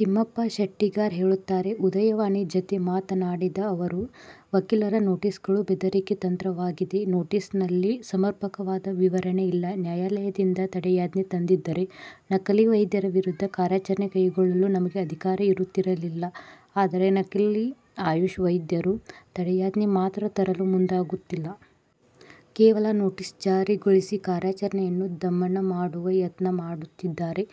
ತಿಮ್ಮಪ್ಪ ಶೆಟ್ಟಿಗಾರ್ ಹೇಳುತ್ತಾರೆ. ''''''ಉದಯವಾಣಿ'' ಜತೆ ಮಾತನಾಡಿದ ಅವರು, ವಕೀಲರ ನೋಟಿಸ್ಗಳು ಬೆದರಿಕೆ ತಂತ್ರವಾಗಿದೆ. ನೋಟಿಸ್ನಲ್ಲಿ ಸಮರ್ಪಕವಾದ ವಿವರಣೆ ಇಲ್ಲ. ನ್ಯಾಯಾಲಯದಿಂದ ತಡೆಯಾಜ್ಞೆ ತಂದಿದ್ದರೆ ನಕಲಿ ವೈದ್ಯರ ವಿರುದ್ಧ ಕಾರ್ಯಾಚರಣೆ ಕೈಗೊಳ್ಳಲು ನಮಗೂ ಅಧಿಕಾರ ಇರುತ್ತಿರಲಿಲ್ಲ. ಆದರೆ, ನಕಲಿ ಆಯುಷ್ ವೈದ್ಯರು ತಡೆಯಾಜ್ಞೆ ಮಾತ್ರ ತರಲು ಮುಂದಾಗುತ್ತಿಲ್ಲ. ಕೇವಲ ನೋಟಿಸ್ ಜಾರಿಗೊಳಿಸಿ ಕಾರ್ಯಾಚರಣೆಯನ್ನು ದಮನ ಮಾಡುವ ಯತ್ನ ಮಾಡುತ್ತಿದ್ದಾರೆ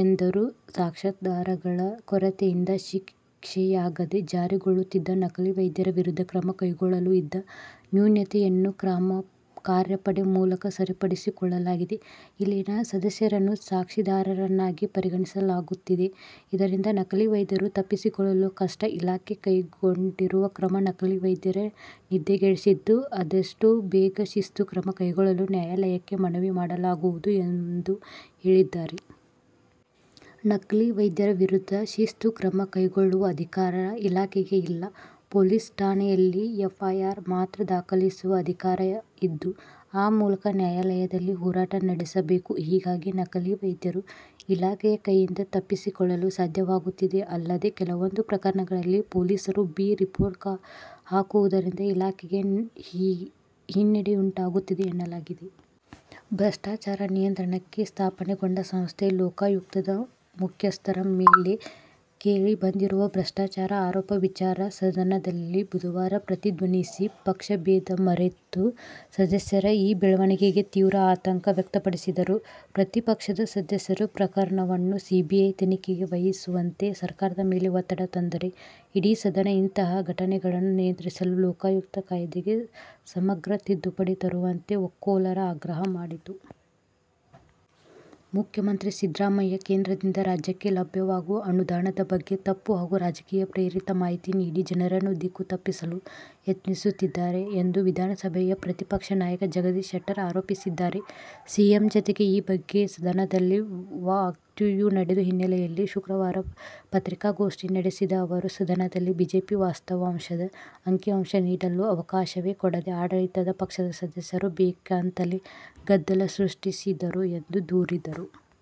ಎಂದರು. ಸಾಕ್ಷ್ಯಾಧಾರಗಳ ಕೊರತೆಯಿಂದ ಶಿಕ್ಷೆಯಾಗದೆ ಜಾರಿಕೊಳ್ಳುತ್ತಿದ್ದ ನಕಲಿ ವೈದ್ಯರ ವಿರುದ್ಧ ಕ್ರಮ ಕೈಗೊಳ್ಳಲು ಇದ್ದ ನ್ಯೂನತೆಯನ್ನು ಕಾರ್ಯಪಡೆ ಮೂಲಕ ಸರಿಪಡಿಸಿಕೊಳ್ಳಲಾಗಿದೆ. ಇಲ್ಲಿನ ಸದಸ್ಯರನ್ನು ಸಾಕ್ಷಿದಾರರನ್ನಾಗಿ ಪರಿಗಣಿಸಲಾಗುತ್ತಿದೆ. ಇದರಿಂದ ನಕಲಿ ವೈದ್ಯರು ತಪ್ಪಿಸಿಕೊಳ್ಳಲು ಕಷ್ಟ. ಇಲಾಖೆ ಕೈಗೊಂಡಿರುವ ಕ್ರಮ ನಕಲಿ ವೈದ್ಯರ ನಿದ್ದೆಗೆಡಿಸಿದ್ದು, ಅದಷ್ಟು ಬೇಗ ಶಿಸ್ತು ಕ್ರಮ ಕೈಗೊಳ್ಳಲು ನ್ಯಾಯಾಲಯಕ್ಕೆ ಮನವಿ ಮಾಡಲಾಗುವುದು ಎಂದು ಹೇಳಿದ್ದಾರೆ. ನಕಲಿ ವೈದ್ಯರ ವಿರುದ್ಧ ಶಿಸ್ತು ಕ್ರಮ ಕೈಗೊಳ್ಳುವ ಅಧಿಕಾರ ಇಲಾಖೆಗೆ ಇಲ್ಲ. ಪೊಲೀಸ್ ಠಾಣೆಯಲ್ಲಿ ಎಫ್ಐಆರ್ ಮಾತ್ರ ದಾಖಲಿಸುವ ಅಧಿಕಾರಿ ಇದ್ದು, ಆ ಮೂಲಕ ನ್ಯಾಯಾಲಯದಲ್ಲಿ ಹೋರಾಟ ನಡೆಸಬೇಕು. ಹೀಗಾಗಿ ನಕಲಿ ವೈದ್ಯರು ಇಲಾಖೆಯ ಕೈಯಿಂದ ತಪ್ಪಿಸಿಕೊಳ್ಳಲು ಸಾಧ್ಯವಾಗುತ್ತಿದೆ. ಅಲ್ಲದೆ, ಕೆಲವೊಂದು ಪ್ರಕರಣಗಳಲ್ಲಿ ಪೊಲೀಸರು ಬಿ ರಿಪೋರ್ಟ್ ಹಾಕುವುದರಿಂದ ಇಲಾಖೆಗೆ ಹಿನ್ನೆಡೆಯುಂಟಾಗುತ್ತಿದೆ ಎನ್ನಲಾಗಿದೆ. ಭ್ರಷ್ಟಾಚಾರ ನಿಯಂತ್ರಣಕ್ಕೆ ಸ್ಥಾಪನೆಗೊಂಡ ಸಂಸ್ಥೆ ಲೋಕಾಯುಕ್ತದ ಮುಖ್ಯಸ್ಥರ ಮೇಲೆ ಕೇಳಿ ಬಂದಿರುವ ಭ್ರಷ್ಟಾಚಾರ ಆರೋಪ ವಿಚಾರ ಸದನದಲ್ಲಿ ಬುಧವಾರ ಪ್ರತಿಧ್ವನಿಸಿ, ಪಕ್ಷಭೇದ ಮರೆತು ಸದಸ್ಯರು ಈ ಬೆಳವಣಿಗೆಗೆ ತೀವ್ರ ಆತಂಕ ವ್ಯಕ್ತಪಡಿಸಿದರು. ಪ್ರತಿಪಕ್ಷದ ಸದಸ್ಯರು ಪ್ರಕರಣವನ್ನು ಸಿಬಿಐ ತನಿಖೆಗೆ ವಹಿಸುವಂತೆ ಸರ್ಕಾರದ ಮೇಲೆ ಒತ್ತಡ ತಂದರೆ, ಇಡೀ ಸದನ ಇಂತಹ ಘಟನೆಗಳನ್ನು ನಿಯಂತ್ರಿಸಲು ಲೋಕಾಯುಕ್ತ ಕಾಯ್ದೆಗೆ ಸಮಗ್ರ ತಿದ್ದುಪಡಿ ತರುವಂತೆ ಒಕ್ಕೊರಲ ಆಗ್ರಹ ಮಾಡಿತು. ಮುಖ್ಯಮಂತ್ರಿ ಸಿದ್ದರಾಮಯ್ಯ ಕೇಂದ್ರದಿಂದ ರಾಜ್ಯಕ್ಕೆ ಲಭ್ಯವಾಗುವ ಅನುದಾನದ ಬಗ್ಗೆ ತಪ್ಪು ಹಾಗೂ ರಾಜಕೀಯ ಪ್ರೇರಿತ ಮಾಹಿತಿ ನೀಡಿ ಜನರನ್ನು ದಿಕ್ಕು ತಪ್ಪಿಸಲು ಯತ್ನಿಸುತ್ತಿದ್ದಾರೆ ಎಂದು ವಿಧಾನಸಭೆಯ ಪ್ರತಿಪಕ್ಷ ನಾಯಕ ಜಗದೀಶ್ ಶೆಟ್ಟರ್ ಆರೋಪಿಸಿದ್ದಾರೆ. ಸಿಎಂ ಜತೆಗೆ ಈ ಬಗ್ಗೆ ಸದನದಲ್ಲಿ ವಾಗ್ಯುದ್ಧ ನಡೆದ ಹಿನ್ನೆಲೆಯಲ್ಲಿ ಶುಕ್ರವಾರ ಪತ್ರಿಕಾಗೋಷ್ಠಿ ನಡೆಸಿದ ಅವರು, ಸದನದಲ್ಲಿ ಬಿಜೆಪಿ ವಾಸ್ತವಾಂಶದ ಅಂಕಿ-ಅಂಶ ನೀಡಲು ಅವಕಾಶವೇ ಕೊಡದೆ ಆಡಳಿತ ಪಕ್ಷದ ಸದಸ್ಯರು ಬೇಕಂತಲೇ ಗದ್ದಲ ಸೃಷ್ಟಿಸಿದರು ಎಂದು ದೂರಿದರು.